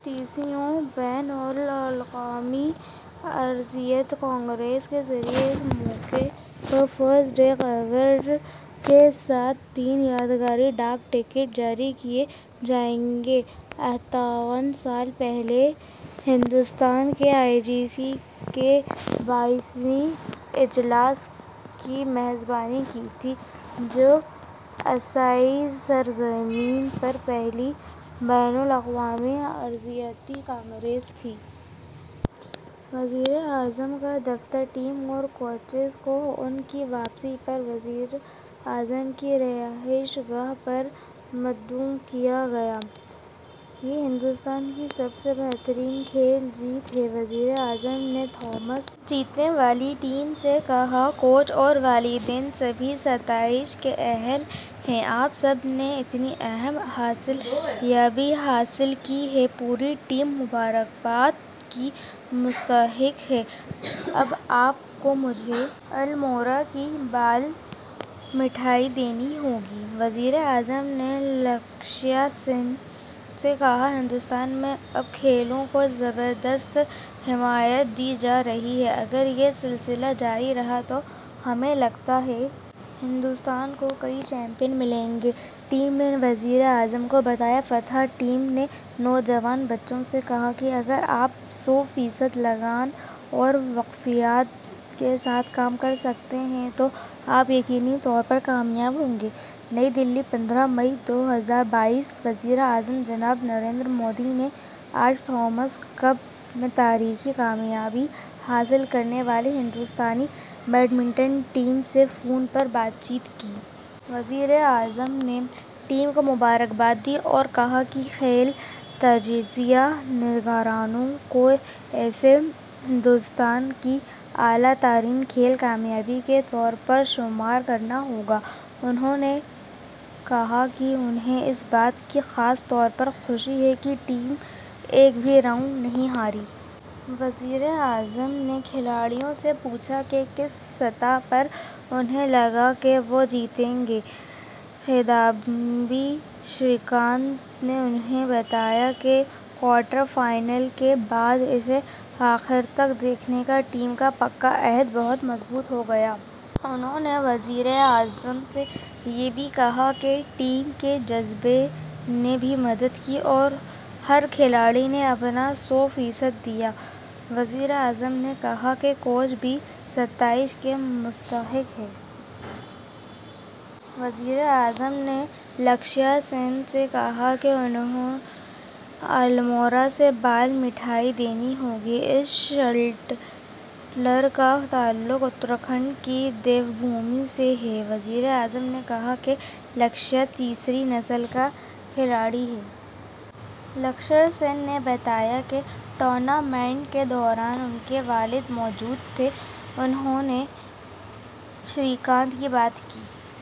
چھتیسویں بین الاقوامی ارضیاتی کانگریس کے ذریعہ اس موقع پر فرسٹ ڈے کور کے ساتھ تین یادگاری ڈاک ٹکٹ جاری کئے جائیں گے۔ اٹھاون سال پہلے ہندوستان نے آئی جی سی کے بائیسویں اجلاس کی میزبانی کی تھی جو ایشیائی سرزمین پر پہلی بین الاقوامی ارضیاتی کانگریس تھی۔ وزیراعظم کا دفتر ٹیم اور کوچوں کو اُن کی واپسی پر وزیر اعظم کی رہائش گاہ پر مدعو کیا گیا یہ ہندوستان کی سب سے بہترین کھیل جیت ہے وزیر اعظم نے تھامس کپ جیتنے والی ٹیم سے کہا کوچ اور والدین سبھی ستائش کے اہل ہیں آپ سب نے اتنی اہم حصولیابی حاصل کی ہے پوری ٹیم مبارکباد کی مستحق ہے اب آپ کو مجھے الموڑا کی بال مٹھائی دینی ہوگی وزیر اعظم نے لکشیہ سین سے کہا ہندوستان میں اب کھیلوں کو زبردست حمایت دی جا رہی ہے اگر یہ سلسلہ جاری رہا تو ہمیں لگتا ہے ہندوستان کو کئی چیمپئن ملیں گے ٹیم نے وزیر اعظم کو بتایا فاتح ٹیم نے نوجوان بچوں سے اگر آپ سو فیصد وقف کے ساتھ کام کرسکتے ہیں تو آپ یقینی طور سے کامیاب ہوں گے نئی دہلی پندرہ مئی دو ہزار بائیس وزیر اعظم جناب نریندر مودی نے آج تھامس کپ میں تاریخی کامیابی حاصل کرنے والی ہندوستانی بیڈ منٹن ٹیم سے فون پر بات چیت کی۔ وزیر اعظم نے ٹیم کو مبارکباد دی اور کہا کہ کھیل تجزیہ کاروں کو اسے ہندوستان کی اعلیٰ ترین کھیل کامیابی کے طور پر شمار کرنا ہوگا۔ انہوں نے کہا کہ انہیں اس بات کی خاص طور پر خوشی ہے کہ ٹیم ایک بھی راؤنڈ نہیں ہاری۔ وزیر اعظم نے کھلاڑیوں سے پوچھا کہ کس سطح پر اُنہیں لگا کہ وہ جیتیں گے۔ کِدامبی سریکانت نے انہیں بتایا کہ کوارٹر فائنل کے بعد اسے آخر تک دیکھنے کا ٹیم کا پختہ عہد بہت مضبوط ہوگیا۔ انہوں نے وزیر اعظم سے یہ بھی کہا کہ ٹیم جذبے نے بھی مدد کی اور ہر کھلاڑی نے اپنا سو فیصد دیا۔ وزیر اعظم نے کہا کہ کوچ بھی ستائش کے مستحق ہیں۔ وزیر اعظم نے لکشیہ سین سے کہا کہ انہیں الموڑا سے بال مٹھائی دینی ہوگی۔ اس شٹلر کا تعلق اتراکھنڈ کے دیو بھومی سے ہے۔ وزیر اعظم نے کہا کہ لکشیہ تیسری نسل کا کھلاڑی ہے۔ لکشیہ سین نے بتایا کہ ٹورنامنٹ کے دوران ان کے والد موجود تھے۔ انہوں نے سری کانت کی بات کی